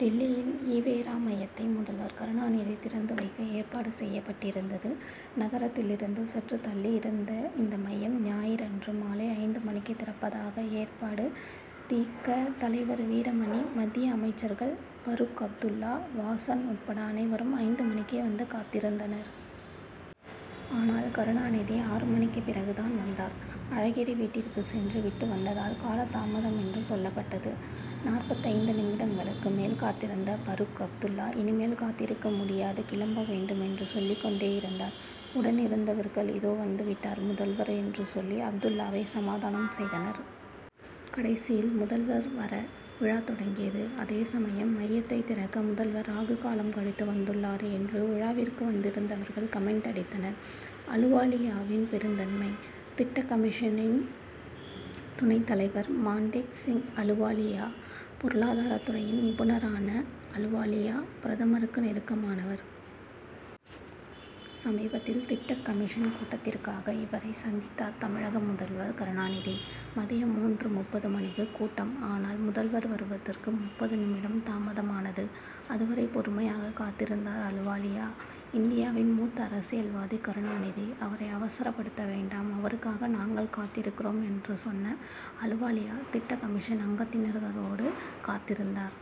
டில்லியில் ஈ. வே. ரா., மையத்தை முதல்வர் கருணாநிதி திறந்து வைக்க ஏற்பாடு செய்யப்பட்டிருந்தது. நகரத்திலிருந்து சற்று தள்ளியிருந்த இந்த மையம், ஞாயிறு அன்று மாலை ஐந்து மணிக்கு திறப்பதாக ஏற்பாடு. தி. க., தலைவர் வீரமணி, மத்திய அமைச்சர்கள் பரூக் அப்துல்லா, வாசன் உட்பட அனைவரும் ஐந்து மணிக்கே வந்து காத்திருந்தனர். ஆனால், கருணாநிதி ஆறு மணிக்குப் பிறகு தான் வந்தார். அழகிரி வீட்டிற்கு சென்று விட்டு வந்ததால் கால தாமதம் என்று சொல்லப்பட் டது. நாற்பத்தைந்து நிமிடங்களுக்கு மேல் காத்திருந்த பரூக் அப்துல்லா, 'இனிமேல் காத்திருக்க முடியாது, கிளம்ப வேண்டும்' என்று சொல்லிக் கொண்டேயிருந்தார். உடன் இருந்தவர்கள், இதோ வந்துவிட்டார் முதல்வர் என்று சொல்லி அப்துல்லாவை சமாதானம் செய்தனர். கடைசியில் முதல்வர் வர, விழா தொடங்கியது. அதே சமயம், மையத்தைத் திறக்க முதல்வர் ராகு காலம் கழித்து வந்துள்ளாரே என்று விழாவிற்கு வந்திருந்தவர்கள் கமென்ட் அடித்தனர். அலுவாலியாவின் பெருந்தன்மை: திட்டக் கமிஷனின் துணைத் தலைவர் மான்டேக் சிங் அலுவாலியா. பொருளாதாரத் துறையின் நிபுணரான அலுவாலியா, பிரதமருக்கு நெருக்கமானவர். சமீபத்தில், திட்டக் கமிஷன் கூட்டத்திற்காக இவரை சந்தித்தார் தமிழக முதல்வர் கருணாநிதி. மதியம் மூன்று.முப்பது மணிக்கு கூட்டம். ஆனால், முதல்வர் வருவதற்கு முப்பது நிமிடம் தாமதமானது. அதுவரை பொறுமையாக காத்திருந்தார் அலுவாலியா. 'இந்தியாவின் மூத்த அரசியல்வாதி கருணாநிதி, அவரை அவசரப்படுத்த வேண்டாம், அவருக்காக நாங்கள் காத்திருக்கிறோம்' என்று சொன்ன அலுவாலியா, திட்டக்கமிஷன் அங்கத்தினர்களோடு காத்திருந்தார்.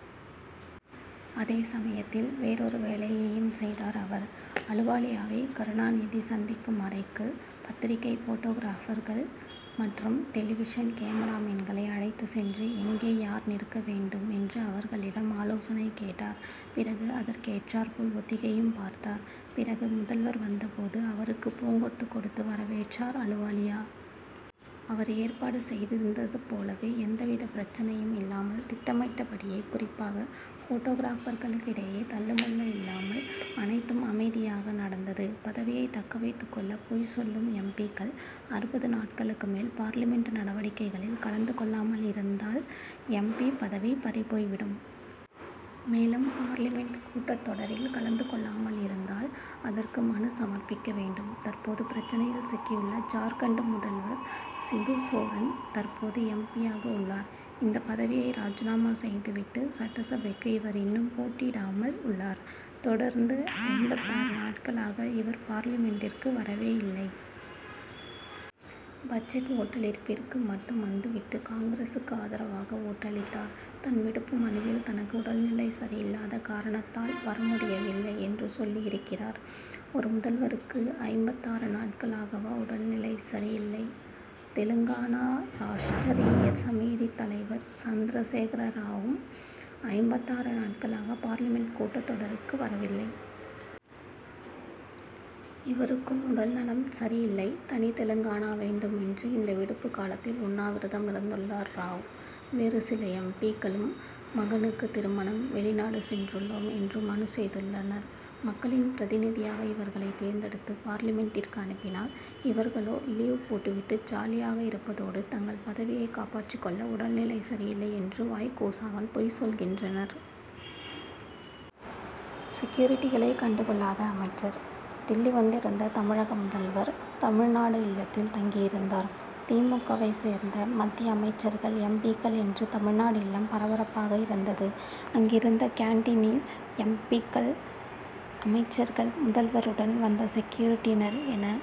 அந்த சமயத்தில் வேறொரு வேலையையும் செய்தார் அவர். அலுவாலியாவை கருணாநிதி சந்திக்கும் அறைக்கு பத்திரிகை போட்டோகிராபர்கள் மற்றும் டெலிவிஷன் கேமராமேன்களை அழைத்துச் சென்று, எங்கே, யார் நிற்க வேண்டும்' என்று அவர்களிடம் ஆலோசனை கேட்டார். பிறகு அதற்கேற்றாற்போல் ஒத்திகையும் பார்த்தார். பிறகு முதல்வர் வந்தபோது, அவருக்கு பூங்கொத்து கொடுத்து வரவேற்றார் அலுவாலியா. அவர் ஏற்பாடு செய்திருந்தது போலவே எந்தவித பிரச்னையும் இல்லாமல் திட்டமிட்டபடியே, குறிப்பாக போட்டோகிராபர்களிடையே தள்ளுமுள்ளு இல்லாமல், அனைத்தும் அமைதியாக நடந்தது. பதவியை தக்கவைத்துக் கொள்ள பொய் சொல்லும் எம். பி.,க்கள்: அறுபது நாட்களுக்கு மேல் பார்லிமென்ட் நடவடிக்கைகளில் கலந்து கொள்ளாமல் இருந்தால் எம். பி., பதவி பறிபோய்விடும். மேலும், பார்லிமென்ட் கூட்டத் தொடரில் கலந்து கொள்ளாமல் இருந்தால், அதற்கு மனு சமர்ப்பிக்க வேண்டும். தற்போது பிரச்னையில், சிக்கியுள்ள ஜார்க்கண்ட் முதல்வர் சிபு சோரன் தற்போது எம். பி.,யாக உள்ளார். இந்த பதவியை ராஜினாமா செய்துவிட்டு, சட்டசபைக்கு இவர் இன்னும் போட்டியிடாமல் உள்ளார். தொடர்ந்து ஐம்பத்தாறு நாட்களாக இவர் பார்லிமென்டிற்கு வரவே இல்லை. பட்ஜெட் ஓட்டளிப்பிற்கு மட்டும் வந்துவிட்டு காங்கிரசுக்கு ஆதரவாக ஓட்டளித்தார். தன் விடுப்பு மனுவில், தனக்கு உடல்நிலை சரியில்லாத காரணத் தால் வரமுடியவில்லை என்று சொல்லியிருக்கிறார். ஒரு முதல்வருக்கு ஐம்பத்தாறு நாட்களாகவா உடல்நிலை சரியில்லை? தெலுங்கானா ராஷ்ட்ரிய சமிதி தலைவர் சந்திரசேகர ராவும் ஐம்பத்தாறு நாட்களாக பார்லிமென்ட் கூட்டத் தொடருக்கு வரவில்லை. இவருக்கும் உடல்நலம் சரியில்லை. தனி தெலுங்கானா வேண்டும் என்று இந்த விடுப்பு காலத்தில் உண்ணாவிரதம் இருந்துள்ளார் ராவ். வேறு சில எம். பி.,க்களும், மகனுக்கு திருமணம் வெளிநாடு சென்றுள்ளோம் என்று மனு செய்துள்ளனர். மக்களின் பிரதிநிதியாக இவர்களை தேர்ந்தெடுத்து, பார்லிமென்டிற்கு அனுப்பினால், இவர்களோ லீவ் போட்டுவிட்டு ஜாலியாக இருப்பதோடு, தங்கள் பதவியை காப்பாற்றிக் கொள்ள உடல்நிலை சரியில்லை என்று வாய் கூசாமல் பொய் சொல்கின்றனர். செக்யூரிட்டிகளை கண்டுகொள்ளாத அமைச்சர்: டில்லி வந்திருந்த தமிழக முதல்வர், தமிழ்நாடு இல்லத்தில் தங்கியிருந்தார். தி. மு. க.,வைச் சேர்ந்த மத்திய அமைச்சர்கள், எம். பி.,க்கள் என்று தமிழ்நாடு இல்லம் பரபரப்பாக இருந்தது. அங்கிருந்த கேன்டீனில் எம். பி.,க்கள், அமைச்சர்கள், முதல்வருடன் வந்த செக்யூரிட்டியினர் என